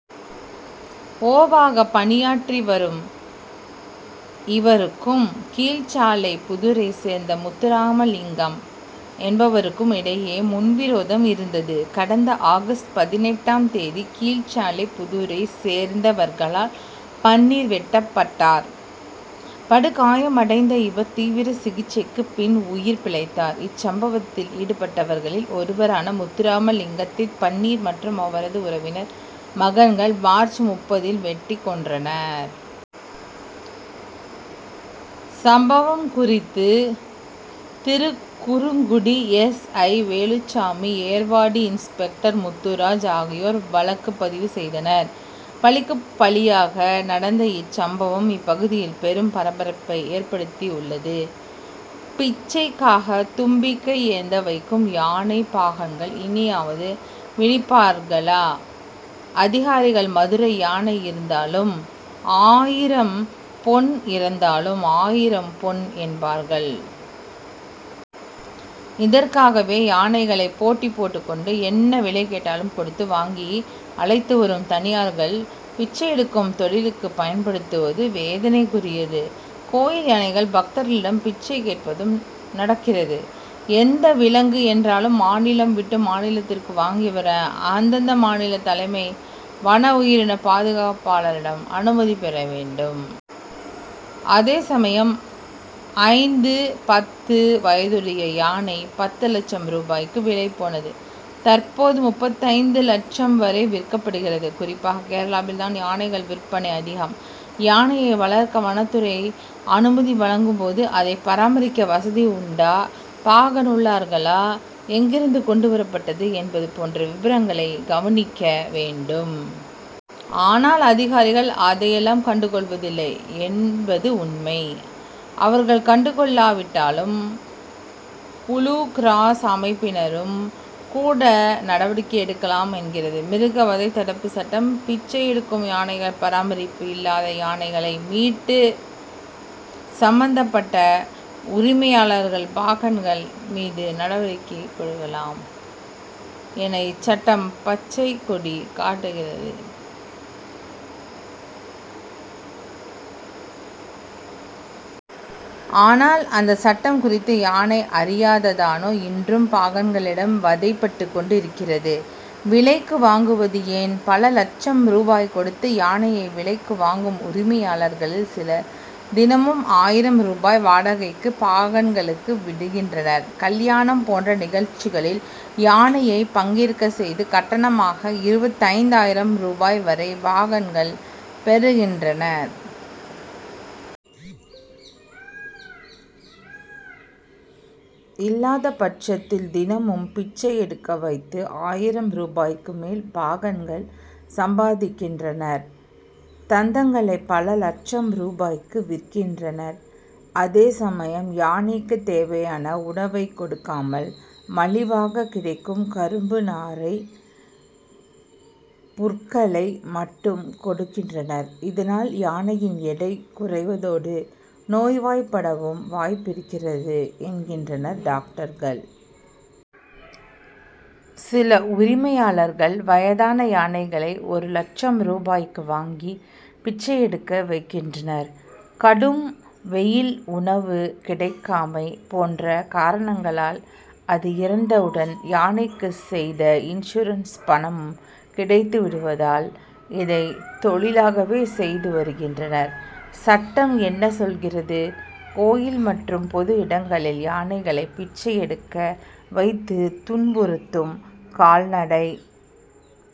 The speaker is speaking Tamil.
ஓ. வாக பணியாற்றி வரும் இவருக்கும் கீழசாலைப்புதூரை சேர்ந்த முத்துராமலிங்கம் என்பவருக்கும் இடையே முன்விரோதம் இருந்தது. கடந்த ஆகஸ்ட் பதினெட்டாம் தேதி கீழசாலைப்புதூரை சேர்ந்தவர்களால் பன்னீர் வெட்டப்பட்டார். படுகாயமடைந்த இவர் தீவிர சிகிச்சைக்குப் பின் உயிர் பிழைத்தார். இச்சம்பவத்தில் ஈடுபட்டவர்களில் ஒருவரான முத்துராமலிங்கத்தை பன்னீர் மற்றும் அவரது உறவினர் மகன்கள் மார்ச் முப்பதில் வெட்டிக் கொன்றனர். சம்பவம் குறித்து Thirukkurungudi S. I. Veluchamy Ervadi inspector Muthuraj ஆகியோர் வழக்கு பதிவு செய்தனர். பழிக்கு பழியாக நடந்த இச்சம்பவம் இப்பகுதியில் பெரும் பரபரப்பை ஏற்படுத்தியுள்ளது. பிச்சைக்காக தும்பிக்கை ஏந்த வைக்கும் யானை பாகன்கள் இனியாவது விழிப்பார்களா அதிகாரிகள் மதுரை யானை இருந்தாலும் ஆயிரம் பொன் இறந்தாலும் ஆயிரம் பொன் என்பார்கள். இதற்காகவே யானைகளை போட்டி போட்டுக்கொண்டு என்ன விலை கேட்டாலும் கொடுத்து வாங்கி அழைத்துவரும் தனியார்கள் பிச்சை எடுக்கும் தொழிலுக்கு பயன்படுத்துவது வேதனைக்குரியது. கோயில் யானைகள் பக்தர்களிடம் பிச்சை கேட்பதும் நடக்கிறது. எந்த விலங்கு என்றாலும் மாநிலம் விட்டு மாநிலத்திற்கு வாங்கி வர அந்தந்த மாநில தலைமை வனஉயிரின பாதுகாப்பாளரிடம் அனுமதி பெறவேண்டும். அதேசமயம் ஐந்து-பத்து வயதுடைய யானை பத்து லட்சம் ரூபாய்க்கு விலை போனது. தற்போது முப்பத்தைந்து லட்சம் வரை விற்கப்படுகிறது. குறிப்பாக கேரளாவில்தான் யானைகள் விற்பனை அதிகம். யானையை வளர்க்க வனத்துறை அனுமதி வழங்கும் போது அதை பராமரிக்க வசதி உண்டா பாகன் உள்ளார்களா எங்கிருந்து கொண்டு வரப்பட்டது என்பது போன்ற விபரங்களை கவனிக்க வேண்டும். ஆனால் அதிகாரிகள் அதையெல்லாம் கண்டுகொள்வதில்லை என்பது உண்மை. அவர்கள் கண்டுகொள்ளாவிட்டாலும் புளூகிராஸ் அமைப்பினரும் கூட நடவடிக்கை எடுக்கலாம் என்கிறது மிருகவதை தடுப்பு சட்டம். பிச்சை எடுக்கும் யானைகள் பராமரிப்பு இல்லாத யானைகளை மீட்டு சம்பந்தப்பட்ட உரிமையாளர்கள் பாகன்கள் மீது நடவடிக்கை எடுக்கலாம் என இச்சட்டம் பச்சை கொடி காட்டுகிறது. ஆனால் அந்த சட்டம் குறித்து யானை அறியாததானோ இன்றும் பாகன்களிடம் வதைபட்டுக் கொண்டிருக்கிறது. விலைக்கு வாங்குவது ஏன். பல லட்சம் ரூபாய் கொடுத்து யானையை விலைக்கு வாங்கும் உரிமையாளர்களில் சிலர் தினமும் ஆயிரம் ரூபாய் வாடகைக்கு பாகன்களுக்கு விடுகின்றனர். கல்யாணம் போன்ற நிகழ்ச்சிகளில் யானையை பங்கேற்க செய்து கட்டணமாக இருபத்தைந்து ஆயிரம் ரூபாய் வரை பாகன்கள் பெறுகின்றனர். இல்லாதபட்சத்தில் தினமும் பிச்சை எடுக்க வைத்து ஆயிரம் ரூபாய்க்கு மேல் பாகன்கள் சம்பாதிக்கின்றனர். தந்தங்களை பல லட்சம் ரூபாய்க்கு விற்கின்றனர். அதேசமயம் யானைக்கு தேவையான உணவை கொடுக்காமல் மலிவாக கிடைக்கும் கரும்பு நாரைப் புற்களை மட்டும் கொடுக்கின்றனர். இதனால் யானையின் எடை குறைவதோடு நோய்வாய்ப்படவும் வாய்ப்பிருக்கிறது என்கின்றனர் டாக்டர்கள். சில உரிமையாளர்கள் வயதான யானைகளை ஒரு லட்சம் ரூபாய்க்கு வாங்கி பிச்சை எடுக்க வைக்கின்றனர். கடும் வெயில் உணவு கிடைக்காமை போன்ற காரணங்களால் அது இறந்தவுடன் யானைக்கு செய்த இன்சூரன்ஸ் பணமும் கிடைத்து விடுவதால் இதை தொழிலாகவே செய்து வருகின்றனர். சட்டம் என்ன சொல்கிறது. கோயில் மற்றும் பொது இடங்களில் யானைகளை பிச்சை எடுக்க வைத்து துன்புறுத்தும் கால்நடை.